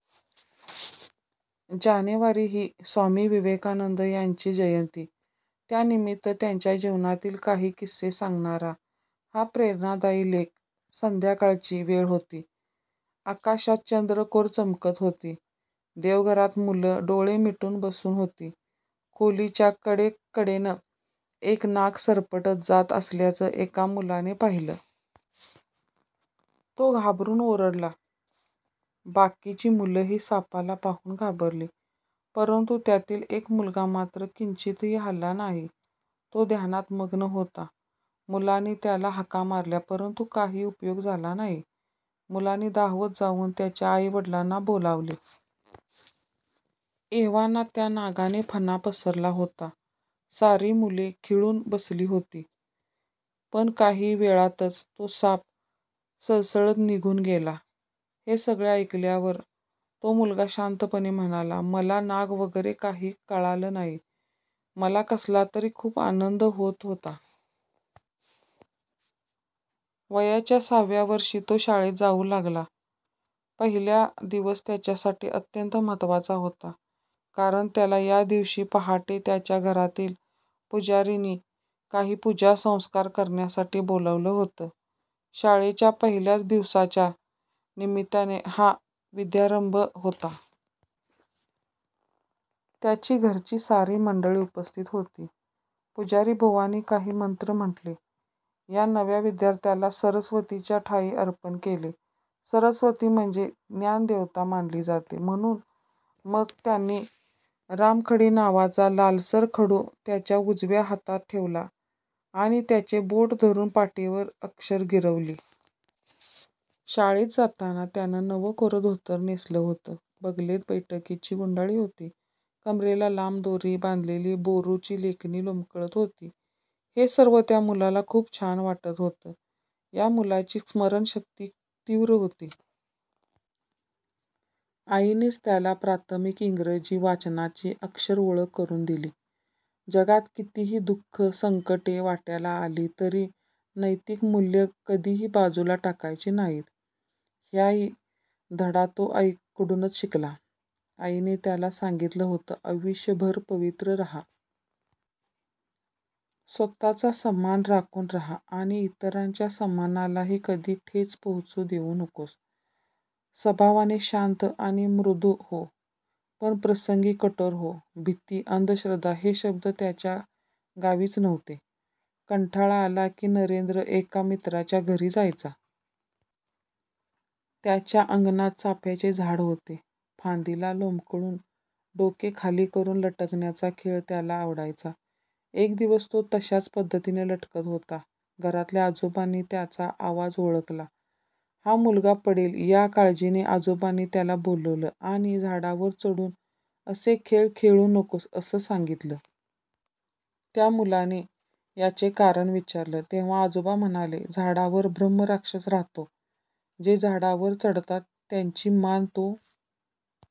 जानेवारी ही स्वामी विवेकानंद यांची जयंती. त्यानिमित्त त्यांच्या जीवनातील काही किस्से सांगणारा हा प्रेरणादायी लेख- संध्याकाळची वेळ होती. आकाशात चंद्रकोर चमकत होती. देवघरात मुलं डोळे मिटून बसून होती. खोलीच्या कडेकडेनं एक नाग सरपटत जात असल्याचं एका मुलाने पाहिलं. तो घाबरून ओरडला. बाकीची मुलंही सापाला पाहून घाबरली. परंतु त्यातील एक मुलगा मात्र किंचितही हलला नाही. तो ध्यानात मग्न होता. मुलांनी त्याला हाका मारल्या. परंतु काही उपयोग झाला नाही. मुलांनी धावत जाऊन त्याच्या आई-वडिलांना बोलावले. एव्हाना त्या नागाने फणा पसरला होता. सारी मुले खिळून बसली होती. पण काही वेळातच तो साप सळसळत निघून गेला. हे सगळे ऐकल्यावर तो मुलगा शांतपणे म्हणाला, "मला नाग वगैरे काही कळलं नाही. मला कसला तरी खूप आनंद होत होता. " वयाच्या सहाव्या वर्षी तो शाळेत जाऊ लागला. पहिला दिवस त्याच्यासाठी अत्यंत महत्त्वाचा होता. कारण त्याला या दिवशी पहाटे त्याच्या घरातील पुजारींनी काही पूजा, संस्कार करण्यासाठी बोलावलं होतं. शाळेच्या पहिल्याच दिवसाच्या निमित्ताने हा विद्यारंभ होता. त्याची घरची सारी मंडळी उपस्थित होती. पुजारीबुवांनी काही मंत्र म्हटले. या नव्या विद्यार्थ्याला सरस्वतीच्या ठायी अर्पण केले. सरस्वती म्हणजे ज्ञानदेवता मानली जाते म्हणून! मग त्यांनी 'रामखडी' नावाचा लालसर खडू त्याच्या उजव्या हातात ठेवला आणि त्याचे बोट धरून पाटीवर अक्षरं गिरविली. शाळेत जाताना त्यानं नवं कोरं धोतर नेसलं होतं. बगलेत बैठकीची गुंडाळी होती. कमरेला लांब दोरी बांधलेली बोरूची लेखणी लोंबकळत होती. हे सर्व त्या मुलाला खूप छान वाटत होतं. या मुलाची स्मरणशक्ती तीव्र होती. आईनेच त्याला प्राथमिक इंग्रजी वाचनाची अक्षरओळख करून दिली. जगात कितीही दु:ख, संकटे वाट्याला आली तरी नैतिक मूल्यं कधीही बाजूला टाकायची नाहीत, हाही धडा तो आईकडूनच शिकला. आईने त्याला सांगितले होतं, 'आयुष्यभर पवित्र राहा. स्वत:चा सन्मान राखून राहा आणि इतरांच्या सन्मानालाही कधी ठेच पोहोचू देऊ नकोस. स्वभावाने शांत आणि मृदू हो. पण प्रसंगी कठोर हो. ' भीती, अंधश्रद्धा हे शब्द त्याच्या गावीच नव्हते. कंटाळा आला की, नरेंद्र एका मित्राच्या घरी जायचा. त्याच्या अंगणात चाफ्याचे झाड होते. फांदीला लोंबकळून डोके खाली करून लटकण्याचा खेळ त्याला आवडायचा. एक दिवस तो तशाच पद्धतीने लटकत होता. घरातल्या आजोबांनी त्याचा आवाज ओळखला. हा मुलगा पडेल, या काळजीने आजोबांनी त्याला बोलावलं आणि 'झाडावर चढून असे खेळ खेळू नकोस' असं सांगितलं. त्या मुलाने याचे कारण विचारलं. तेव्हा आजोबा म्हणाले, "झाडावर ब्रह्मराक्षस राहतो. जे झाडावर चढतात त्यांची मान तो